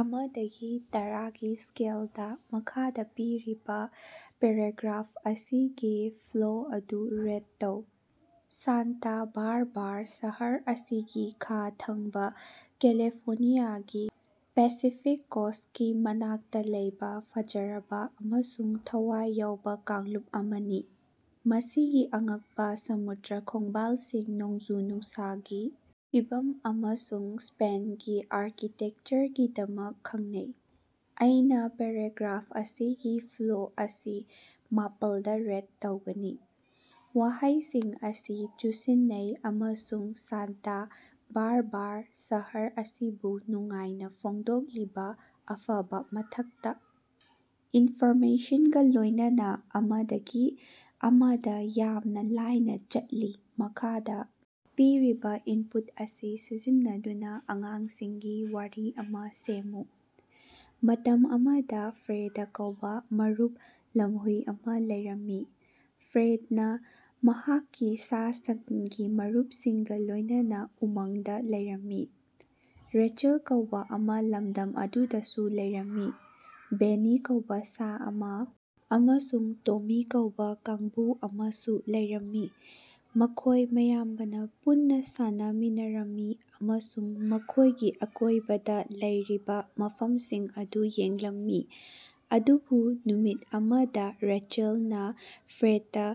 ꯑꯃꯗꯒꯤ ꯇꯔꯥꯒꯤ ꯁ꯭ꯀꯦꯜꯗ ꯃꯈꯥꯗ ꯄꯤꯔꯤꯕ ꯄꯦꯔꯥꯒ꯭ꯔꯥꯐ ꯑꯁꯤꯒꯤ ꯐ꯭ꯂꯣ ꯑꯗꯨ ꯔꯦꯠ ꯇꯧ꯫ ꯁꯥꯟꯇ ꯕꯥꯔꯕꯥꯔ ꯁꯍꯔ ꯑꯁꯤꯒꯤ ꯈꯥ ꯊꯪꯕꯥ ꯀꯦꯂꯤꯐꯣꯔꯅꯤꯌꯥꯒꯤ ꯄꯦꯁꯤꯐꯤꯛ ꯀꯣꯁ꯭ꯇꯀꯤ ꯃꯅꯥꯛꯇ ꯂꯩꯕ ꯐꯖꯔꯕ ꯑꯃꯁꯨꯡ ꯊꯋꯥꯏ ꯌꯥꯎꯕ ꯀꯥꯡꯂꯨꯞ ꯑꯃꯅꯤ꯫ ꯃꯁꯤꯒꯤ ꯑꯉꯛꯄ ꯁꯃꯨꯗ꯭ꯔ ꯈꯣꯡꯕꯥꯜꯁꯤꯡ ꯅꯣꯡꯖꯨ-ꯅꯨꯡꯁꯥꯒꯤ ꯐꯤꯕꯝ ꯑꯃꯁꯨꯡ ꯁ꯭ꯄꯦꯟꯒꯤ ꯑꯥꯔꯀꯤꯇꯦꯛꯆꯔꯒꯤꯗꯃꯛ ꯈꯡꯅꯩ꯫ ꯑꯩꯅꯥ ꯄꯦꯔꯥꯒ꯭ꯔꯥꯐ ꯑꯁꯤꯒꯤ ꯐ꯭ꯂꯣ ꯑꯁꯤ ꯃꯥꯄꯜꯗ ꯔꯦꯠ ꯇꯧꯒꯅꯤ꯫ ꯋꯥꯍꯩꯁꯤꯡ ꯑꯁꯤ ꯆꯨꯁꯤꯟꯅꯩ ꯑꯃꯁꯨꯡ ꯁꯥꯟꯇꯥ ꯕꯥꯔꯕꯥꯔ ꯁꯍꯔ ꯑꯁꯤꯕꯨ ꯅꯨꯡꯉꯥꯏꯅ ꯐꯣꯡꯗꯣꯛꯂꯤꯕ ꯑꯐꯕꯥ ꯃꯊꯛꯇ ꯏꯟꯐꯣꯔꯃꯦꯁꯟꯒꯥ ꯂꯣꯢꯅꯅꯥ ꯑꯃꯗꯒꯤ ꯑꯃꯗ ꯌꯥꯝꯅ ꯂꯥꯏꯅ ꯆꯠꯂꯤ꯫ ꯃꯈꯥꯗ ꯄꯤꯔꯤꯕ ꯏꯟꯄꯨꯠ ꯑꯁꯤ ꯁꯤꯖꯤꯟꯅꯗꯨꯅ ꯑꯉꯥꯡꯁꯤꯡꯒꯤ ꯋꯥꯔꯤ ꯑꯃ ꯁꯦꯝꯃꯨ꯫ ꯃꯇꯝ ꯑꯃꯗ ꯐ꯭ꯔꯦꯗ ꯀꯧꯕꯥ ꯃꯔꯨꯞ ꯂꯝꯍꯨꯏ ꯑꯃ ꯂꯩꯔꯝꯃꯤ꯫ ꯐ꯭ꯔꯦꯗꯅ ꯃꯍꯥꯛꯀꯤ ꯁꯥ-ꯁꯟꯒꯤ ꯃꯔꯨꯞꯁꯤꯡꯒ ꯂꯣꯢꯅꯅꯥ ꯎꯃꯪꯗꯥ ꯂꯩꯔꯝꯃꯤ꯫ ꯔꯦꯆꯦꯜ ꯀꯧꯕꯥ ꯑꯃ ꯂꯝꯗꯝ ꯑꯗꯨꯗꯁꯨ ꯂꯩꯔꯝꯃꯤ꯫ ꯕꯦꯅꯤ ꯀꯧꯕꯥ ꯁꯥ ꯑꯃ ꯑꯃꯁꯨꯡ ꯇꯣꯃꯤ ꯀꯧꯕꯥ ꯀꯥꯡꯕꯨ ꯑꯃꯁꯨ ꯂꯩꯔꯝꯃꯤ꯫ ꯃꯈꯣꯢ ꯑꯌꯥꯝꯕꯅ ꯄꯨꯟꯅꯥ ꯁꯥꯟꯅꯃꯤꯟꯅꯔꯝꯃꯤ ꯑꯃꯁꯨꯡ ꯃꯈꯣꯢꯒꯤ ꯑꯀꯣꯢꯕꯗ ꯂꯩꯔꯤꯕꯥ ꯃꯐꯝꯁꯤꯡ ꯑꯗꯨ ꯌꯦꯡꯂꯝꯃꯤ꯫ ꯑꯗꯨꯕꯨ ꯅꯨꯃꯤꯠ ꯑꯃꯗ ꯔꯦꯆꯦꯜꯅ ꯐ꯭ꯔꯦꯗꯇ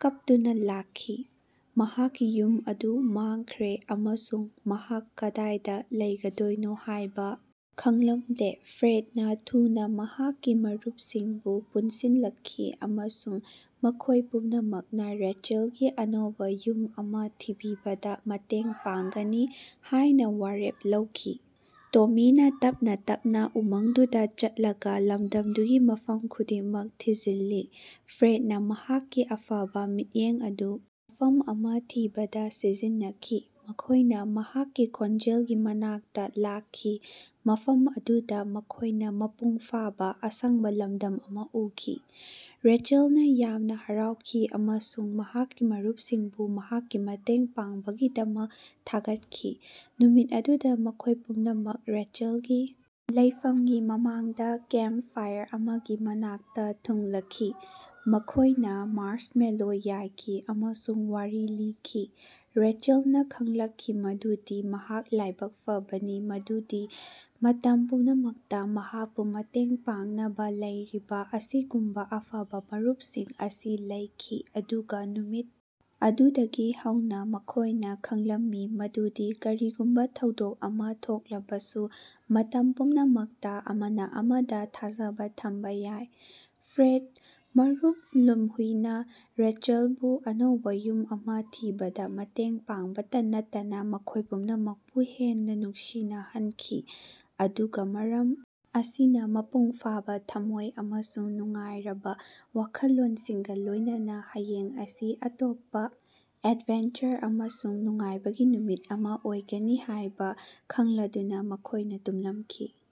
ꯀꯞꯇꯨꯅ ꯂꯥꯛꯈꯤ꯫ ꯃꯍꯥꯛꯀꯤ ꯌꯨꯝ ꯑꯗꯨ ꯃꯥꯡꯈ꯭ꯔꯦ ꯑꯃꯁꯨꯡ ꯃꯍꯥꯛ ꯀꯗꯥꯏꯗ ꯂꯩꯒꯗꯣꯏꯅꯣ ꯍꯥꯢꯕ ꯈꯡꯂꯝꯗꯦ꯫ ꯐ꯭ꯔꯦꯗꯅ ꯊꯨꯅꯥ ꯃꯍꯥꯛꯀꯤ ꯃꯔꯨꯄꯁꯤꯡꯕꯨ ꯄꯨꯟꯁꯤꯜꯂꯛꯈꯤ ꯑꯃꯁꯨꯡ ꯃꯈꯣꯢ ꯄꯨꯝꯅꯃꯛꯅ ꯔꯦꯆꯦꯜꯒꯤ ꯑꯅꯧꯕ ꯌꯨꯝ ꯑꯃ ꯊꯤꯕꯗ ꯃꯇꯦꯡ ꯄꯥꯡꯒꯅꯤ ꯍꯥꯢꯅ ꯋꯥꯔꯦꯞ ꯂꯧꯈꯤ꯫ ꯇꯣꯃꯤꯅꯥ ꯇꯞꯅꯥ ꯇꯞꯅꯥ ꯎꯃꯪꯗꯨꯗ ꯆꯠꯂꯒ ꯂꯝꯗꯝꯗꯨꯒꯤ ꯃꯐꯝ ꯈꯨꯗꯤꯡꯃꯛ ꯊꯤꯖꯤꯜꯂꯤ꯫ ꯐ꯭ꯔꯦꯗꯅꯥ ꯃꯍꯥꯛꯀꯤ ꯑꯐꯕꯥ ꯃꯤꯠꯌꯦꯡ ꯑꯗꯨ ꯃꯐꯝ ꯑꯃ ꯊꯤꯕꯗ ꯁꯤꯖꯤꯟꯅꯈꯤ꯫ ꯃꯈꯣꯢꯅ ꯃꯍꯥꯛꯀꯤ ꯈꯣꯟꯖꯦꯜꯒꯤ ꯃꯅꯥꯛꯇ ꯂꯥꯛꯈꯤ ꯃꯐꯝ ꯑꯗꯨꯗ ꯃꯈꯣꯢꯅ ꯃꯄꯨꯡ ꯐꯥꯕ ꯑꯁꯪꯕꯥ ꯂꯝꯗꯝ ꯑꯃ ꯎꯈꯤ꯫ ꯔꯦꯆꯦꯜꯅ ꯌꯥꯝꯅ ꯍꯔꯥꯎꯈꯤ ꯑꯃꯁꯨꯡ ꯃꯍꯥꯛꯀꯤ ꯃꯔꯨꯞꯁꯤꯡꯕꯨ ꯃꯍꯥꯛꯀꯤ ꯃꯇꯦꯡ ꯄꯥꯡꯕꯒꯤꯗꯃꯛ ꯊꯥꯒꯠꯈꯤ꯫ ꯅꯨꯃꯤꯠ ꯑꯗꯨꯗꯥ ꯃꯈꯣꯏ ꯄꯨꯝꯅꯃꯛ ꯔꯦꯆꯦꯜꯒꯤ ꯂꯩꯐꯝꯒꯤ ꯃꯃꯥꯡꯗ ꯀꯦꯝꯄ ꯐꯥꯏꯔ ꯑꯃꯒꯤ ꯃꯅꯥꯛꯇ ꯊꯨꯡꯂꯈꯤ꯫ ꯃꯈꯣꯢꯅ ꯃꯥꯔꯁꯃꯦꯂꯣ ꯌꯥꯏꯈꯤ ꯑꯃꯁꯨꯡ ꯋꯥꯔꯤ ꯂꯤꯈꯤ꯫ ꯔꯦꯆꯦꯜꯅ ꯈꯪꯂꯛꯈꯤ ꯃꯗꯨꯗꯤ ꯃꯍꯥꯛ ꯂꯥꯏꯕꯛ ꯐꯕꯅꯤ ꯃꯗꯨꯗꯤ ꯃꯇꯝ ꯄꯨꯝꯅꯃꯛꯇ ꯃꯍꯥꯛꯄꯨ ꯃꯇꯦꯡ ꯄꯥꯡꯅꯕ ꯂꯩꯔꯤꯕ ꯑꯁꯤꯒꯨꯝꯕꯥ ꯑꯐꯕ ꯃꯔꯨꯞꯁꯤꯡ ꯑꯁꯤ ꯂꯩꯈꯤ꯫ ꯑꯗꯨꯒ ꯅꯨꯃꯤꯠ ꯑꯗꯨꯗꯒꯤ ꯍꯧꯅ ꯃꯈꯣꯢꯅ ꯈꯪꯂꯝꯃꯤ ꯃꯗꯨꯗꯤ ꯀꯔꯤꯒꯨꯝꯕ ꯊꯧꯗꯣꯛ ꯑꯃ ꯊꯣꯛꯂꯕꯁꯨ ꯃꯇꯝ ꯄꯨꯝꯅꯃꯛꯇ ꯑꯃꯅ ꯑꯃꯗ ꯊꯥꯖꯕ ꯊꯝꯕ ꯌꯥꯏ꯫ ꯐ꯭ꯔꯦꯗ ꯃꯔꯨꯞ ꯂꯝꯍꯨꯏꯅ ꯔꯦꯆꯦꯜꯕꯨ ꯑꯅꯧꯕ ꯌꯨꯝ ꯑꯃ ꯊꯤꯕꯗ ꯃꯇꯦꯡ ꯄꯥꯡꯕꯇ ꯅꯠꯇꯅ ꯃꯈꯣꯢ ꯄꯨꯝꯅꯃꯛꯄꯨ ꯍꯦꯟꯅ ꯅꯛꯁꯤꯟꯅꯍꯟꯈꯤ꯫ ꯑꯗꯨꯒ ꯃꯔꯝ ꯑꯁꯤꯅ ꯃꯄꯨꯡ ꯐꯥꯕ ꯊꯃꯣꯢ ꯑꯃꯁꯨꯡ ꯅꯨꯡꯉꯥꯏꯔꯕ ꯋꯥꯈꯜꯂꯣꯟꯁꯤꯡꯒ ꯂꯣꯢꯅꯅꯥ ꯍꯌꯦꯡ ꯑꯁꯤ ꯑꯇꯣꯞꯄ ꯑꯦꯗꯚꯦꯟꯆꯔ ꯑꯃꯁꯨꯡ ꯅꯨꯡꯉꯥꯏꯕꯒꯤ ꯅꯨꯃꯤꯠ ꯑꯃꯥ ꯑꯣꯏꯒꯅꯤ ꯍꯥꯢꯕꯥ ꯈꯡꯂꯗꯨꯅ ꯃꯈꯣꯢꯅ ꯇꯨꯝꯂꯝꯈꯤ꯫